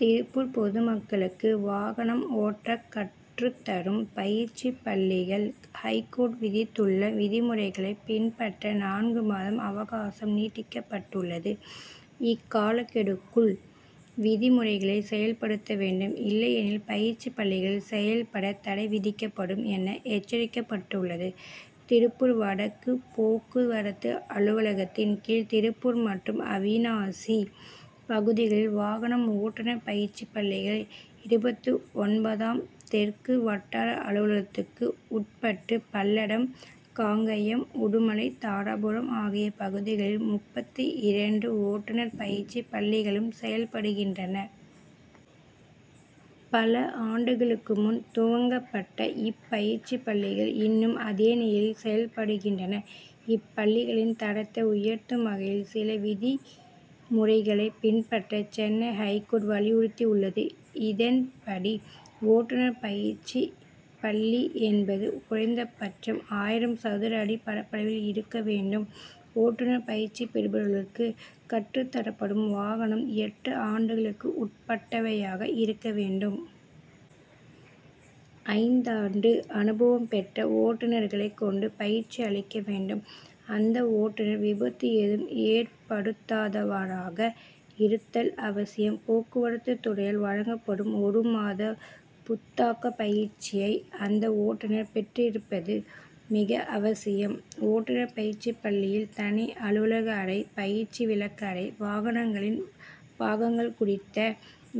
திருப்பூர் பொதுமக்களுக்கு வாகனம் ஓட்ட கற்றுத்தரும் பயிற்சி பள்ளிகள், ஐகோர்ட் விதித் துள்ள விதிமுறைகளை பின் பற்ற நான்கு மாதம் அவகாசம் நீட்டிக்கப்பட்டுள்ளது. இக் காலக்கெடுவுக்குள் விதி முறைகளை செயல்படுத்த வேண்டும். இல்லையெனில், பயிற்சி பள்ளிகள் செயல்பட தடை விதிக்கப்படும் என எச்சரிக்கப்பட்டுள்ளது. திருப்பூர் வடக்கு போக்கு வரத்து அலுவலகத்தின் கீழ் திருப்பூர் மற்றும் அவிநாசி பகுதிகளில் வாகனம் ஓட்டுனர் பயிற்சி பள்ளிகள் இருபத்து ஒன்பதாம், தெற்கு வட்டார அலுவலகத்துக்கு உட்பட்டு பல்லடம், காங்கயம், உடுமலை, தாராபுரம் ஆகிய பகுதிகளில் முப்பத்து இரண்டு ஓட்டுனர் பயிற்சி பள்ளிகளும் செயல்படுகின்றன. பல ஆண்டுகளுக்கு முன் துவங்கப்பட்ட இப்பயிற்சி பள்ளிகள், இன்னும் அதே நிலையில் செயல்படுகின்றன. இப்பள்ளிகளின் தரத்தை உயர்த்தும் வகையில், சில விதி முறைகளை பின்பற்ற சென்னை ஐகோர்ட் வலியுறுத்தி உள்ளது. இதன்படி, ஓட்டுனர் பயிற்சி பள்ளி என் பது குறைந்தபட்சம் ஆயிரம் சதுர அடி பரப்பளவில் இருக்க வேண் டும்; ஓட்டுனர் பயிற்சி பெறுபவர் களுக்கு கற்றுத்தரப்படும் வாக னம், எட்டு ஆண்டுகளுக்கு உட் பட்டவையாக இருக்க வேண்டும். ஐந்தாண்டு அனுபவம் பெற்ற ஓட்டுனர்களை கொண்டு, பயிற்சி அளிக்க வேண்டும். அந்த ஓட்டுனர், விபத்து ஏதும் ஏற்படுத் தாதவராக இருத்தல் அவசியம். போக்குவரத்து துறையால் வழங்கப்படும் ஒரு மாத புத் தாக்க பயிற்சியை அந்த ஓட்டுனர் பெற்றிருப்பதும் மிக அவசியம். ஓட்டுனர் பயிற்சி பள்ளியில் தனி அலுவலக அறை, பயிற்சி விளக்க அறை, வாகனங்களின் பாகங்கள் குறித்த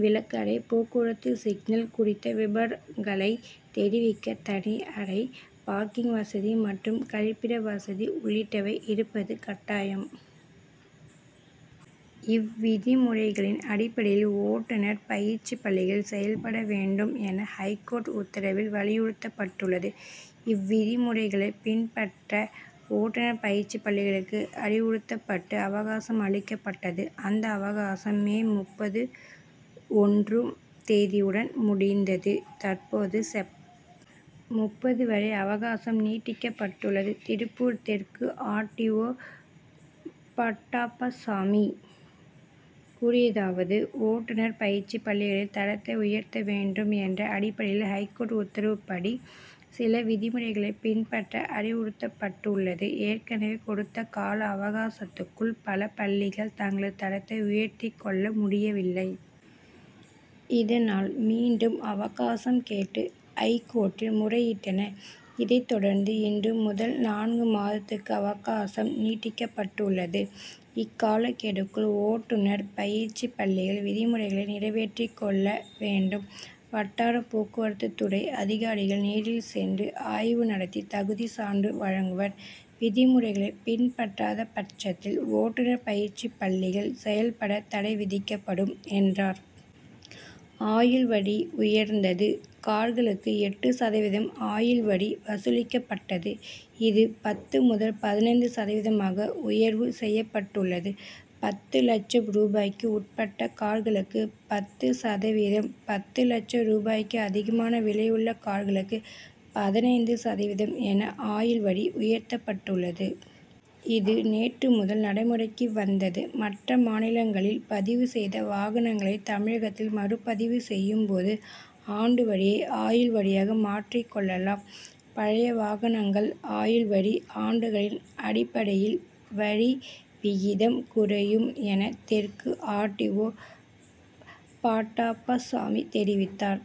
விளக்க அறை, போக்குவரத்து சிக்னல் குறித்த விபரங்களை தெரிவிக்க தனி அறை, பார்க்கிங் வசதி மற்றும் கழிப்பிட வசதி உள்ளிட்டவை இருப்பதும் கட்டாயம். இவ்விதி முறைகளின் அடிப்படையில், ஓட்டுனர் பயிற்சி பள்ளிகள் செயல்பட வேண்டும் என, ஐகோர்ட் உத்தரவில் வலியுறுத்தப் பட்டுள்ளது. இவ்விதிமுறைகளை பின் பற்ற, ஓட்டுனர் பயிற்சி பள்ளி களுக்கு அறிவுறுத்தப்பட்டு, அவகாசம் அளிக்கப்பட்டது; அந்த அவகாசம், மே முப்பத்து ஒன்று ம் தேதியுடன் முடிந்தது. தற்போது, செப்., முப்பது வரை அவகாசம் நீட்டிக்கப்பட்டுள்ளது. திருப்பூர் தெற்கு ஆர். டி. ஓ. பாட்டப்பசாமி கூறியதாவது ஓட்டுனர் பயிற்சி பள்ளிகளின் தரத்தை உயர்த்த வேண்டும் என்ற அடிப்படையில் ஐகோர்ட் உத்தரவுப் படி, சில விதிமுறைகளை பின் பற்ற அறிவுறுத்தப்பட்டு உள்ளது. ஏற்கனவே கொடுத்த கால அவகாசத்துக்குள் பல பள்ளிகள், தங்களது தரத்தை உயர்த்திக் கொள்ள முடியவில்லை. இத னால், மீண்டும் அவகாசம் கேட்டு ஐகோர்ட்டில் முறையிட்டன. இதைத்தொடர்ந்து இன்று முதல் நான்கு மாதத் துக்கு அவகாசம் நீட்டிக்கப்பட்டு உள்ளது. இக்கால கெடுவுக்குள் ஓட்டுனர் பயிற்சி பள்ளிகள் விதிமுறைகளை நிறைவேற்றிக் கொள்ள வேண்டும். வட்டார போக்குவரத்து துறை அதிகாரி கள் நேரில் சென்று ஆய்வு நடத்தி, தகுதி சான்று வழங்குவர், விதிமுறைகளை பின்பற்றாத பட்சத்தில், ஓட்டுனர் பயிற்சி பள்ளிகள் செயல்பட தடை விதிக்கப்படும், என்றார். ஆயுள் வரி உயர்ந்தது கார்களுக்கு எட்டு சதவீதம் ஆயுள் வரி வசூலிக்கப்பட்டது. இது, பத்து முதல் பதினைந்து சதவீதமாக உயர்வு செய்யப்பட்டுள்ளது. பத்து லட்சம் ரூபாய்க்கு உட்பட்ட கார்களுக்கு பத்து சத வீதம், பத்து லட்சம் ரூபாய்க்கு அதிகமான விலையுள்ள கார்களுக்கு பதினைந்து சதவீதம் என ஆயுள் வரி உயர்த்தப்பட் டுள்ளது. இது, நேற்று முதல் நடைமுறைக்கு வந்தது. மற்ற மாநிலங்களில் பதிவு செய்த வாகனங்களை, தமிழகத்தில் மறுபதிவு செய்யும் போது, ஆண்டு வரியை ஆயுள் வரியாக மாற்றிக் கொள்ள லாம். பழைய வாகனங்கள் ஆயுள் வரி, ஆண்டுகளின் அடிப்படையில் வரி விகிதம் குறையும் என தெற்கு ஆர். டி. ஓ. பாட்டப்பசாமி தெரிவித்தார்.